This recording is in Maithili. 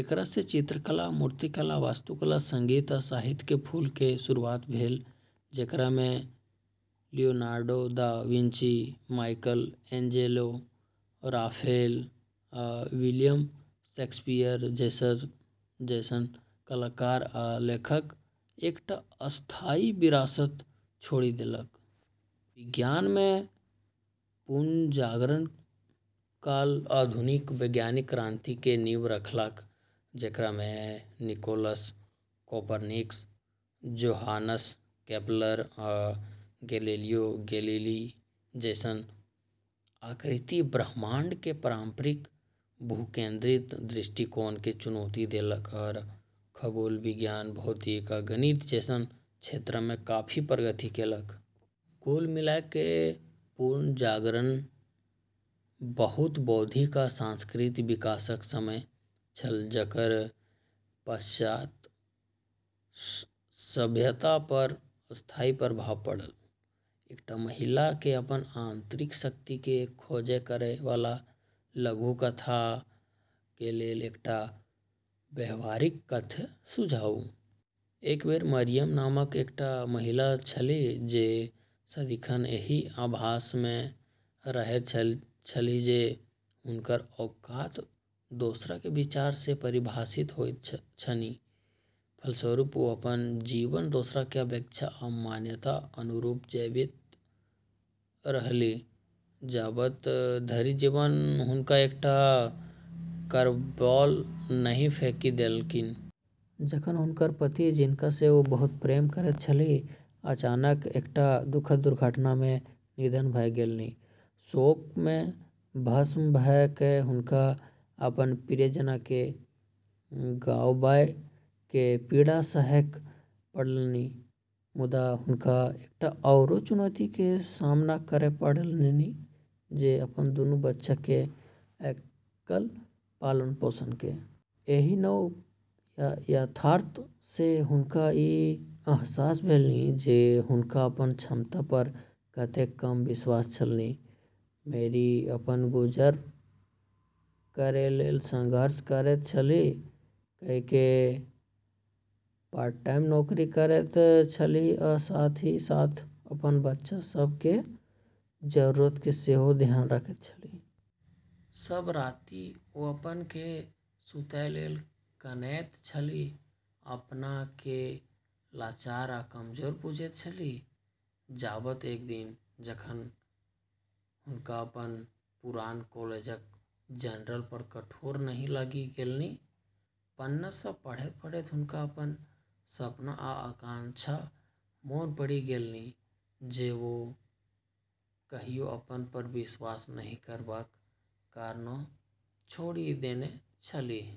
एकरा सँ चित्रकला, मूर्तिकला, वास्तुकला, संगीत, आ साहित्य के फूल के शुरुआत भेल, जेकरा मे Leonardo da Vinci, Michelangelo, Raphael, आ विलियम शेक्सपियर जैसन कलाकार आ लेखक एकटा स्थायी विरासत छोड़ि देलक। विज्ञान मे पुनर्जागरण काल आधुनिक वैज्ञानिक क्रांति के नींव रखलक, जेकरा मे निकोलस कोपर्निकस, जोहानस केपलर, आ गैलिलियो गैलिली जैसन आकृति ब्रह्मांड के पारंपरिक भूकेंद्रित दृष्टिकोण के चुनौती देलक आ खगोल विज्ञान, भौतिकी, आ गणित जैसन क्षेत्र मे काफी प्रगति केलक। कुल मिला कए पुनर्जागरण बहुत बौद्धिक आ सांस्कृतिक विकासक समय छल, जकर पाश्चात्य सभ्यता पर स्थायी प्रभाव पड़ल। एकटा महिला के अपन आंतरिक-शक्ति के खोज करय वाला लघुकथा के लेल एकटा व्यावहारिक कथ्य सुझाउ। एक बेर मरियम नामक एकटा महिला छलीह जे सदिखन एहि आभास मे रहैत छलीह जे हुनकर औकात दोसरक विचार सँ परिभाषित होइत छनि। फलस्वरूप, ओ अपन जीवन दोसरक अपेक्षा आ मान्यताक अनुरूप जीबैत रहलीह, जाबत धरि जीवन हुनका एकटा कर्वबॉल नहि फेकि देलकनि। जखन हुनकर पति, जिनका सँ ओ बहुत प्रेम करैत छलीह, अचानक एकटा दुखद दुर्घटना मे निधन भ' गेलनि। शोक मे भस्म भ' क' हुनका अपन प्रियजन केँ गंवाबय के पीड़ा सहय पड़लनि, मुदा हुनका एकटा आओर चुनौती के सामना करय पड़लनि, जे अपन दुनू बच्चा के एकल पालन-पोषण के। एहि नव यथार्थ सँ हुनका ई अहसास भेलनि जे हुनका अपन क्षमता पर कतेक कम विश्वास छलनि। मैरी अपन गुजारा करै लेल संघर्ष करैत छलीह, कईएक पार्ट टाइम नौकरी करैत छलीह आ साथ ही साथ अपन बच्चा सभ के जरूरत के सेहो ध्यान रखैत छलीह। सब राति ओ अपना केँ सुतय लेल कानैत छलीह, अपना केँ लाचार आ कमजोर बुझैत छलीह, जाबत एक दिन, जखन हुनका अपन पुरान कॉलेजक जर्नल पर ठोकर नहि लागि गेलनि। पन्ना सभ पढ़ैत-पढ़ैत हुनका अपन सपना आ आकांक्षा मोन पड़ि गेलनि जे ओ कहियो अपना पर विश्वास नहि करबाक कारणेँ छोड़ि देने छलीह।